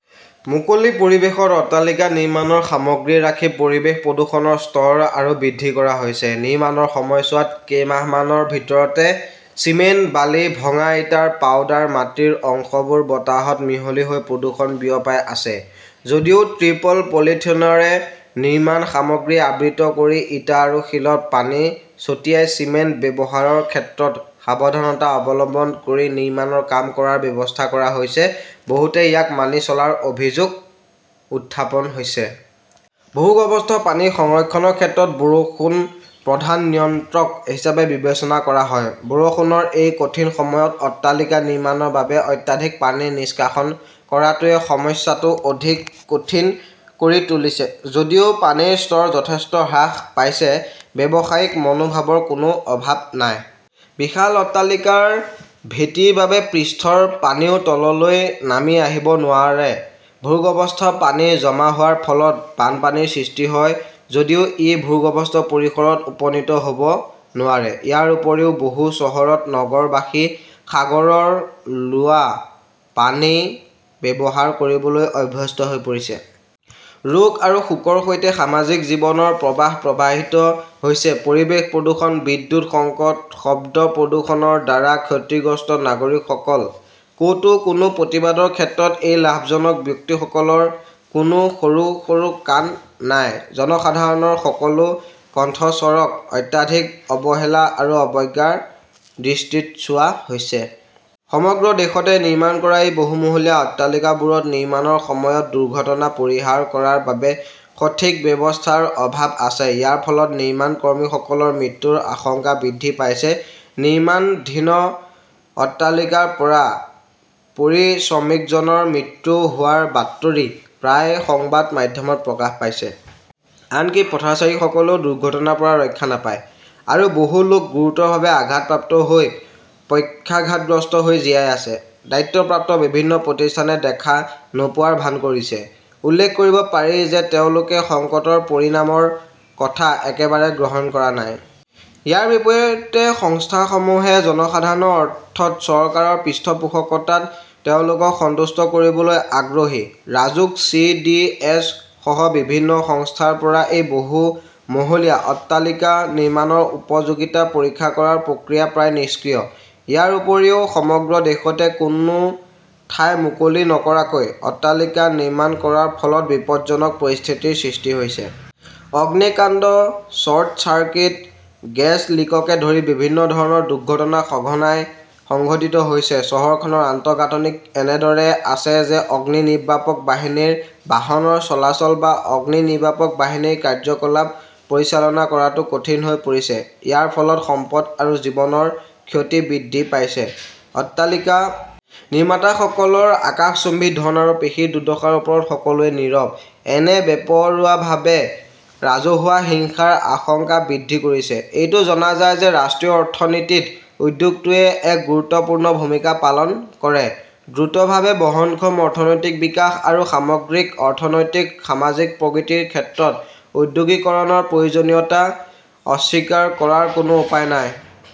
মুকলি পৰিৱেশত অট্টালিকা নিৰ্মাণৰ সামগ্ৰী ৰাখি পৰিৱেশ প্ৰদূষণৰ স্তৰ আৰু বৃদ্ধি কৰা হৈছে। নিৰ্মাণৰ সময়ছোৱাত কেইমাহমানৰ ভিতৰতে চিমেণ্ট-বালি-ভঙা ইটাৰ পাউডাৰ-মাটিৰ অংশবোৰ বতাহত মিহলি হৈ প্ৰদূষণ বিয়পাই আছে। যদিও ত্ৰিপল-পলিথিনৰে নিৰ্মাণ সামগ্ৰী আবৃত কৰি, ইটা আৰু শিলত পানী ছটিয়াই, চিমেণ্ট ব্যৱহাৰৰ ক্ষেত্ৰত সাৱধানতা অৱলম্বন কৰি নিৰ্মাণৰ কাম কৰাৰ ব্যৱস্থা কৰা হৈছে, বহুতে ইয়াক মানি চলাৰ অভিযোগ উত্থাপন হৈছে। ভূগৰ্ভস্থ পানী সংৰক্ষণৰ ক্ষেত্ৰত বৰষুণ প্ৰধান নিয়ন্ত্ৰক হিচাপে বিবেচনা কৰা হয়। বৰষুণৰ এই কঠিন সময়ত অট্টালিকা নিৰ্মাণৰ বাবে অত্যাধিক পানী নিষ্কাশন কৰাটোৱে সমস্যাটো অধিক কঠিন কৰি তুলিছে। যদিও পানীৰ স্তৰ যথেষ্ট হ্ৰাস পাইছে, ব্যৱসায়িক মনোভাৱৰ কোনো অভাৱ নাই। বিশাল অট্টালিকাৰ ভেটিৰ বাবে পৃষ্ঠৰ পানীও তললৈ নামি আহিব নোৱাৰে। ভূগৰ্ভস্থ পানী জমা হোৱাৰ ফলত বানপানীৰ সৃষ্টি হয় যদিও ই ভূগৰ্ভস্থ পৰিসৰত উপনীত হ'ব নোৱাৰে। ইয়াৰ উপৰিও, বহু চহৰত নগৰবাসী সাগৰৰ লোৱা পানী ব্যৱহাৰ কৰিবলৈ অভ্যস্ত হৈ পৰিছে। ৰোগ আৰু শোকৰ সৈতে সামাজিক জীৱনৰ প্ৰবাহ প্ৰভাৱিত হৈছে। পৰিৱেশ প্ৰদূষণ-বিদ্যুৎ সংকট-শব্দ প্ৰদূষণৰ দ্বাৰা ক্ষতিগ্ৰস্ত নাগৰিকসকল। ক'তো কোনো প্ৰতিবাদৰ ক্ষেত্ৰত এই লাভজনক ব্যক্তিসকলৰ কোনো সৰু সৰু কাণ নাই। জনসাধাৰণৰ সকলো কণ্ঠস্বৰক অত্যাধিক অৱহেলা আৰু অৱজ্ঞাৰ দৃষ্টিত চোৱা হৈছে। সমগ্ৰ দেশতে নিৰ্মাণ কৰা এই বহুমহলীয়া অট্টালিকাবোৰত নিৰ্মাণৰ সময়ত দুৰ্ঘটনা পৰিহাৰ কৰাৰ বাবে সঠিক ব্যৱস্থাৰ অভাৱ আছে। ইয়াৰ ফলত নিৰ্মাণ কৰ্মীসকলৰ মৃত্যুৰ আশংকা বৃদ্ধি পাইছে। নিৰ্মাণধীন অট্টালিকাৰ পৰা পৰি শ্ৰমিকজনৰ মৃত্যু হোৱাৰ বাতৰি প্ৰায়ে সংবাদ মাধ্যমত প্ৰকাশ পাইছে। আনকি পথচাৰীসকলেও দুৰ্ঘটনাৰ পৰা ৰক্ষা নাপায়। আৰু বহু লোক গুৰুতৰভাৱে আঘাতপ্ৰাপ্ত হৈ পক্ষাঘাতগ্ৰস্ত হৈ জীয়াই আছে। দায়িত্বপ্ৰাপ্ত বিভিন্ন প্ৰতিষ্ঠানে দেখা নোপোৱাৰ ভান কৰিছে। উল্লেখ কৰিব পাৰি যে তেওঁলোকে সংকটৰ পৰিণামৰ কথা একেবাৰে গ্ৰহণ কৰা নাই। ইয়াৰ বিপৰীতে, সংস্থাসমূহে জনসাধাৰণৰ অৰ্থত চৰকাৰৰ পৃষ্ঠপোষকতাত তেওঁলোকক সন্তুষ্ট কৰিবলৈ আগ্ৰহী। ৰাজুক-চি. ডি. এছ. -সহ বিভিন্ন সংস্থাৰ পৰা এই বহুমহলীয়া অট্টালিকা নিৰ্মাণৰ উপযোগিতা পৰীক্ষা কৰাৰ প্ৰক্ৰিয়া প্ৰায় নিষ্ক্ৰিয়। ইয়াৰ উপৰিও, সমগ্ৰ দেশতে কোনো ঠাই মুকলি নকৰাকৈ অট্টালিকা নিৰ্মাণ কৰাৰ ফলত বিপদজনক পৰিস্থিতিৰ সৃষ্টি হৈছে। অগ্নিকাণ্ড, শ্বৰ্ট চাৰ্কিট, গেছ লিককে ধৰি বিভিন্ন ধৰণৰ দুৰ্ঘটনা সঘনাই সংঘটিত হৈছে। চহৰখনৰ আন্তঃগাঁথনি এনেদৰে আছে যে অগ্নিনিৰ্বাপক বাহিনীৰ বাহনৰ চলাচল বা অগ্নিনিৰ্বাপক বাহিনীৰ কাৰ্য্যকলাপ পৰিচালনা কৰাটো কঠিন হৈ পৰিছে। ইয়াৰ ফলত সম্পদ আৰু জীৱনৰ ক্ষতি বৃদ্ধি পাইছে। অট্টালিকা নিৰ্মাতাসকলৰ আকাশচুম্বী ধন আৰু পেশীৰ দুৰ্দশাৰ ওপৰত সকলোৱে নীৰৱ। এনে বেপৰোৱাভাৱে ৰাজহুৱা হিংসাৰ আশংকা বৃদ্ধি কৰিছে। এইটো জনা যায় যে ৰাষ্ট্ৰীয় অৰ্থনীতিত উদ্যোগটোৱে এক গুৰুত্বপূৰ্ণ ভূমিকা পালন কৰে। দ্ৰুতভাৱে বহনক্ষম অৰ্থনৈতিক বিকাশ আৰু সামগ্ৰিক অৰ্থনৈতিক-সামাজিক প্ৰগতিৰ ক্ষেত্ৰত ঔদ্যোগিকৰণৰ প্ৰয়োজনীয়তা অস্বীকাৰ কৰাৰ কোনো উপায় নাই।